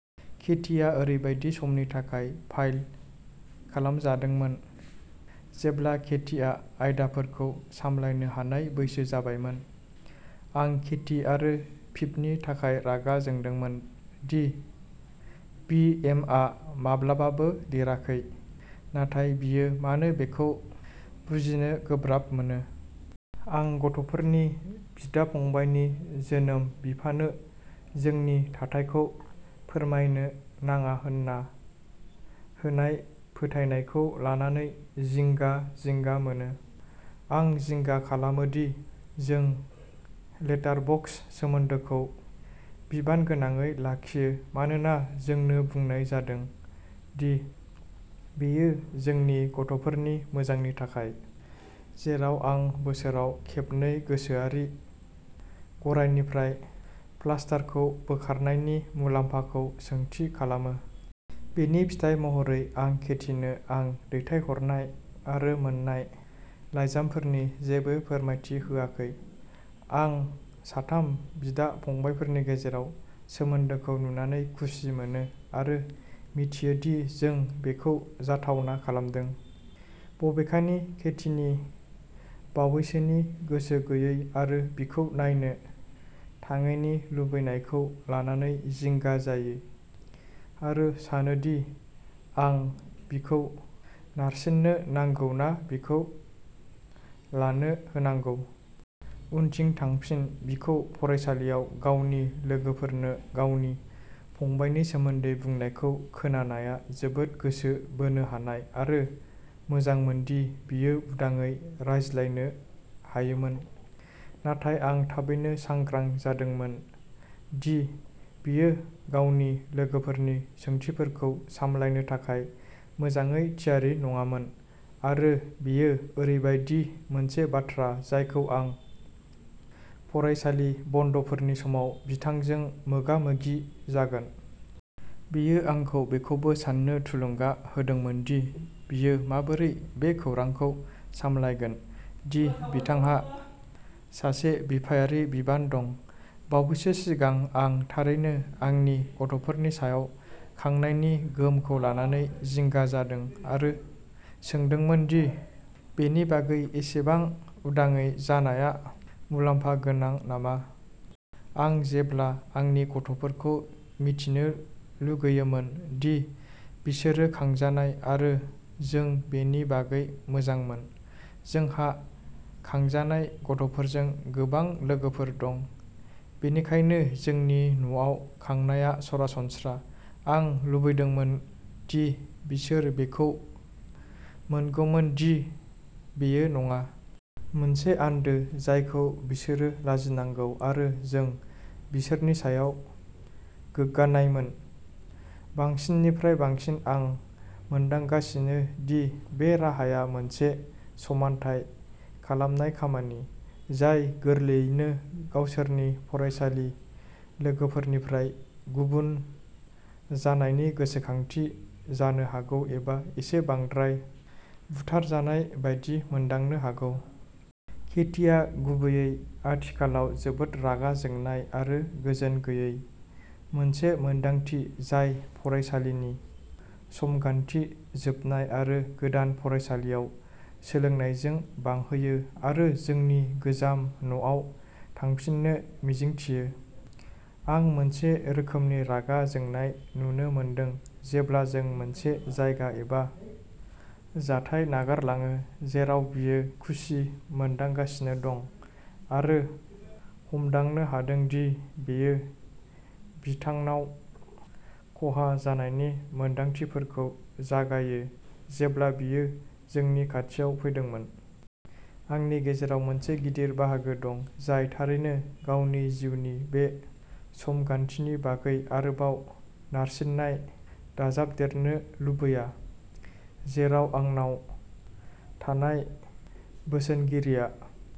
केटीआ ओरैबायदि समनि थाखाय फाइल खालामजादोंमोन जेब्ला केटीआ आयदाफोरखौ सामलायनो हानाय बैसो जाबायमोन। आं केटी आरो पिपनि थाखाय रागा जोंदोंमोन दि बी एम आ माब्लाबाबो लिराखै, नाथाय बियो मानो बेखौ बुजिनो गोब्राब मोनो। आं गथ'फोरनि बिदा-फंबायनि जोनोम बिफानो जोंनि थाथायखौ फोरमायनो नाङा होनना होनाय फोथायनायखौ लानानै जिंगा-जिंगा मोनो। आं जिंगा खालामो दि जों लेटारबक्स सोमोन्दोखौ बिबानगोनाङै लाखियो मानोना जोंनो बुंनाय जादों दि बेयो जोंनि गथ'फोरनि मोजांनि थाखाय, जेराव आं बोसोराव खेबनै गोसोआरि गरायनिफ्राय प्लास्टारखौ बोखारनायनि मुलाम्फाखौ सोंथि खालामो। बेनि फिथाय महरै आं केटीनो आं दैथायहरनाय आरो मोन्नाय लाइजामफोरनि जेबो फोरमायथि होआखै। आं साथाम बिदा-फंबायफोरनि गेजेराव सोमोन्दोखौ नुनानै खुसि मोनो आरो मिथियो दि जों बेखौ जाथावना खालामदों, बबेखानि केटीनि बावैसोनि गोसो गैयै आरो बिखौ नायनो थांङैनि लुबैनायखौ लानानै जिंगा जायो आरो सानो दि आं बिखौ नारसिन्नो नांगौ ना बिखौ लानो होनांगौ। उनथिं थांफिन। बिखौ फरायसालियाव गावनि लोगोफोरनो गावनि फंबायनि सोमोन्दै बुंनायखौ खोनानाया जोबोद गोसो बोनो हानाय आरो मोजांमोनदि बियो उदाङै रायज्लायनो हायोमोन, नाथाय आं थाबैनो सांग्रां जादोंमोन दि बियो गावनि लोगोफोरनि सोंथिफोरखौ सामलायनो थाखाय मोजाङै थियारि नङामोन आरो बियो ओरैबायदि मोनसे बाथ्रा जायखौ आं फरायसालि बन्द'फोरनि समाव बिथांजों मोगामोगि जागोन। बेयो आंखौ बेखौबो साननो थुलुंगा होदोंमोन दि बियो माबोरै बे खौरांखौ सामलायगोन दि बिथांहा सासे बिफायारि बिनानाव दं। बावैसो सिगां आं थारैनो आंनि गथ'फोरनि सायाव खांनायनि गोहोमखौ लानानै जिंगा जादों आरो सोंदोंमोन दि बेनि बागै एसेबां उदाङै जानाया मुलाम्फा गोनां नामा? आं जेब्ला आंनि गथ'फोरखौ मिथिनो लुगैयोमोन दि बिसोरो खांजानाय आरो जों बेनि बागै मोजांमोन। जोंहा खांजानाय गथ'फोरजों गोबां लोगोफोर दं, बेनिखायनो जोंनि न'आव खांनाया सरासनस्रा। आं लुबैदोंमोन दि बिसोर बेखौ मोनगौमोन दि बेयो नङा। मोनसे आन्दो जायखौ बिसोरो लाजिनांगौ आरो जों बिसोरनि सायाव गोग्गानायमोन। बांसिननिफ्राय बांसिन आं मोनदांगासिनो दि बे राहाया मोनसे समानथाय खालामनाय खामानि, जाय गोरलैयैनो गावसोरनि फरायसालि लोगोफोरनिफ्राय गुबुन जानायनि गोसोखांथि जानो हागौ एबा एसे बांद्राय बुथारजानाय बायदि मोनदांनो हागौ। केटीआ गुबैयै आथिखालाव जोबोद रागा जोंनाय आरो गोजोन गैयै, मोनसे मोन्दांथि जाय फरायसालिनि समगान्थि जोबनाय आरो गोदान फरायसालियाव सोलायनायजों बांहोयो आरो जोंनि गोजाम न'आव थांफिननो मिजिंथियो। आं मोनसे रोखोमनि रागा जोंनाय नुनो मोनदों जेब्ला जों मोनसे जायगा एबा जाथाय नागारलाङो जेराव बियो खुसि मोनदांगासिनो दं आरो हमदांनो हादों दि बेयो बिथांनाव खहा जानायनि मोनदांथिफोरखौ जागायो जेब्ला बियो जोंनि खाथियाव फैदोंमोन। आंनि गेजेराव मोनसे गिदिर बाहागो दं जाय थारैनो गावनि जिउनि बे समगान्थिनि बागै आरोबाव नारसिननाय दाजाबदेरनो लुबैया, जेराव आंनाव थानाय बोसोनगिरिया।